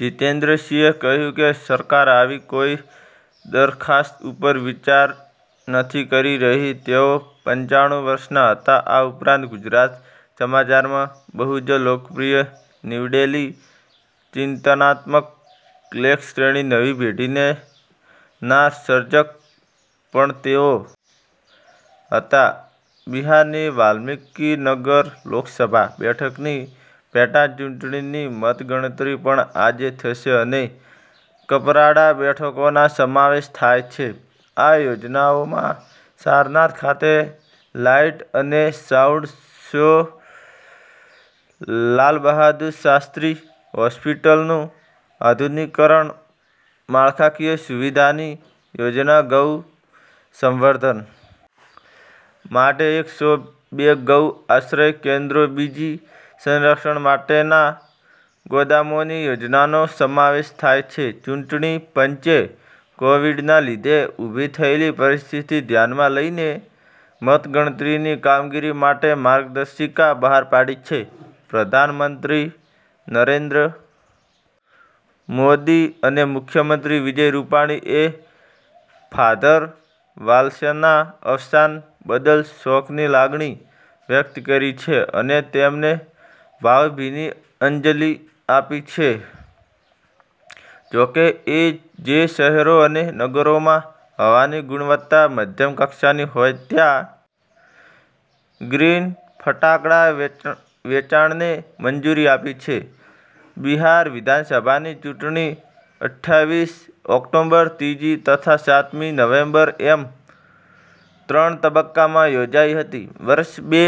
જીતેન્દ્રસિંહે કહ્યું કે સરકાર આવી કોઈ દરખાસ્ત ઉપર વિચાર નથી કરી રહી તેઓ પંચાણું વર્ષના હતા આ ઉપરાંત ગુજરાત સમાચારમાં બહુ જ લોકપ્રિય નીવડેલી ચિંતનાત્મક લેખ શ્રેણી નવી પેઢીને ના સર્જક પણ તેઓ હતા બિહારની વાલ્મીકીનગર લોકસભા બેઠકની પેટાચૂંટણીની મતગણતરી પણ આજે થશે અને કપરાડા બેઠકોનો સમાવેશ થાય છે આ યોજનાઓમાં સારનાથ ખાતે લાઈટ અને સાઉન્ડ શો લાલબહાદુર શાસ્ત્રી હોસ્પિટલનું આધુનિકીકરણ માળખાકીય સુવિધાની યોજના ગૌ સંવર્ધન માટે એક સો બે ગૌ આશ્રય કેન્દ્રો બીજ સંરક્ષણ માટેના ગોદામોની યોજનાનો સમાવેશ થાય છે ચૂંટણી પંચે કોવિડના લીધે ઊભી થયેલી પરિસ્થિતિ ધ્યાનમાં લઈને મતગણતરીની કામગીરી માટે માર્ગદર્શિકા બહાર પાડી છે પ્રધાનમંત્રી નરેન્દ્ર મોદી અને મુખ્યમંત્રી વિજય રૂપાણી એ ફાધર વાલેસના અવસાન બદલ શોકની લાગણી વ્યકત કરી છે અને તેમને ભાવભીની અંજલિ આપી છે જોકે એ જે શહેરો અને નગરોમાં હવાની ગુણવત્તા મધ્યમ કક્ષાની હોય ત્યાં ગ્રીન ફટાકડા વેચાણને મંજુરી આપી છે બિહાર વિધાનસભાની ચૂંટણી અઠ્ઠાવીસ ઓક્ટોબર ત્રીજી તથા સાતમી નવેમ્બર એમ ત્રણ તબક્કામાં યોજાઈ હતી વર્ષ બે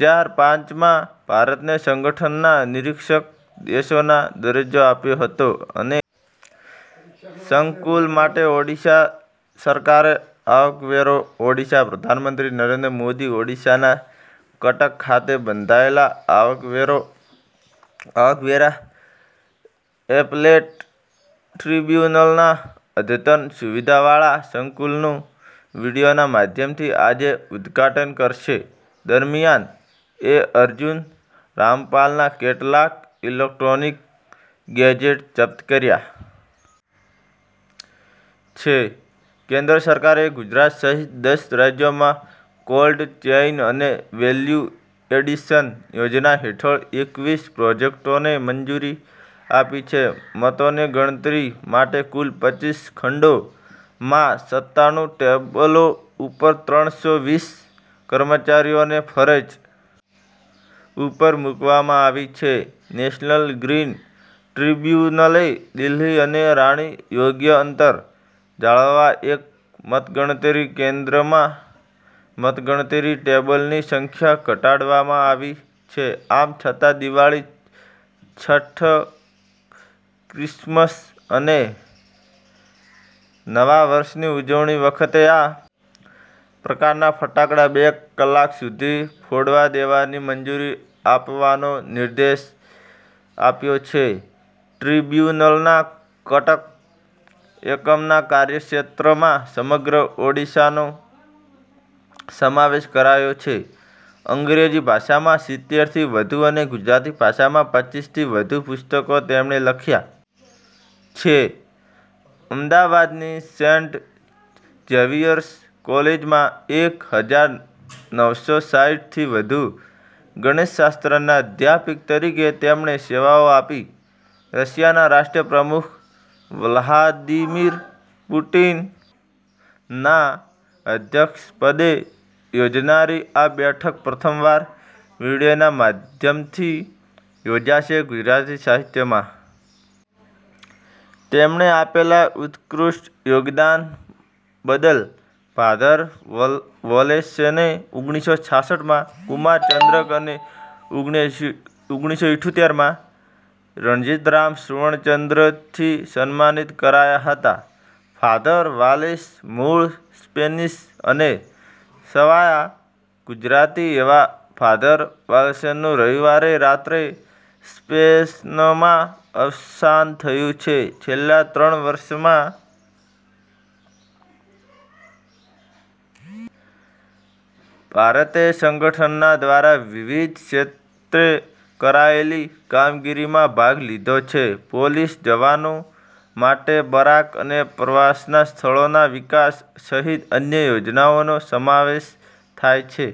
હજાર પાંચ માં ભારતને સંગઠનના નીરિક્ષક દેશોનો દરજ્જો અપાયો હતો અને સંકુલ માટે ઓડિશા સરકારે આવકવેરા ઓડિશા પ્રધાનમંત્રી નરેન્દ્ર મોદી ઓડિશાના કટક ખાતે બંધાયેલા આવકવેરા એપેલેટ ટ્રીબ્યુનલના અદ્યતન સુવિધાવાળા સંકુલનું વીડિયોના માધ્યમથી આજે ઉદઘાટન કરશે દરમિયાન એ અર્જુન રામપાલના કેટલાંક ઇલેક્ટ્રોનિક ગેઝેટ જપ્ત કર્યા છે કેન્દ્ર સરકારે ગુજરાત સહિત દસ રાજ્યોમાં કોલ્ડ ચેઇન અને વેલ્યુ એડિશન યોજના હેઠળ એકવીસ પ્રોજેક્ટોને મંજુરી આપી છે મતોની ગણતરી માટે કુલ આ પચીસ ખંડો માં સત્તાણું ટેબલો ઉપર ત્રણ સો વીસ કર્મચારીઓને ફરજ ઉપર મૂકવામાં આવ્યા છે નેશનલ ગ્રીન ટ્રીબ્યુનલે દિલ્હી અને રાણી યોગ્ય અંતર જાળવવા એક મતગણતરી કેન્દ્રમાં મતગણતરી ટેબલની સંખ્યા ઘટાડવામાં આવી છે આમ છતાં દિવાળી છઠ્ઠ ક્રિસમસ અને નવા વર્ષની ઉજવણી વખતે આ પ્રકારના ફટાકડા બે કલાક સુધી ફોડવા દેવાની મંજુરી આપવાનો નિર્દેશ આપ્યો છે ટ્રીબ્યુનલના કટક એકમના કાર્યક્ષેત્રમાં સમગ્ર ઓડિશાનો સમાવેશ કરાયો છે અંગ્રેજી ભાષામાં સીતેર થી વધુ અને ગુજરાતી ભાષામાં પચીસથી વધુ પુસ્તકો તેમણે લખ્યા છે અમદાવાદની સેન્ટ ઝેવિયર્સ કોલેજમાં એક હજાર નવ સો સાઈઠ થી સુધી ગણિતશાસ્ત્રના અધ્યાપક તરીકે તેમણે સેવાઓ આપી રશિયાના રાષ્ટ્ર પ્રમુખ વ્લાદીમીર પુટિનના અધ્યક્ષપદે યોજાનારી આ બેઠક પ્રથમવાર વીડિયોના માધ્યમથી યોજાશે ગુજરાતી સાહિત્યમાં તેમણે આપેલા ઉત્કૃષ્ઠ યોગદાન બદલ ફાધર વાલેસને ઓગણીસો છાછઠ માં કુમાર ચંદ્રક અને ઓગણીસો અત્થોતેરમાં રણજીતરામ સુવર્ણચંદ્રકથી સન્માનિત કરાયા હતા ફાધર વાલેસ મૂળ સ્પેનિશ અને સવાયા ગુજરાતી એવા ફાધર વાલેસનું રવિવારે રાત્રે સ્પેનમાં અવસાન થયું છે છેલ્લાં ત્રણ વર્ષમાં ભારતે સંગઠનના દ્વારા વિવિધ ક્ષેત્રે કરાયેલી કામગીરીમાં ભાગ લીધો છે પોલીસ જવાનો માટે બરાક અને પ્રવાસન સ્થળોના વિકાસ સહિત અન્ય યોજનાઓનો સમાવેશ થાય છે।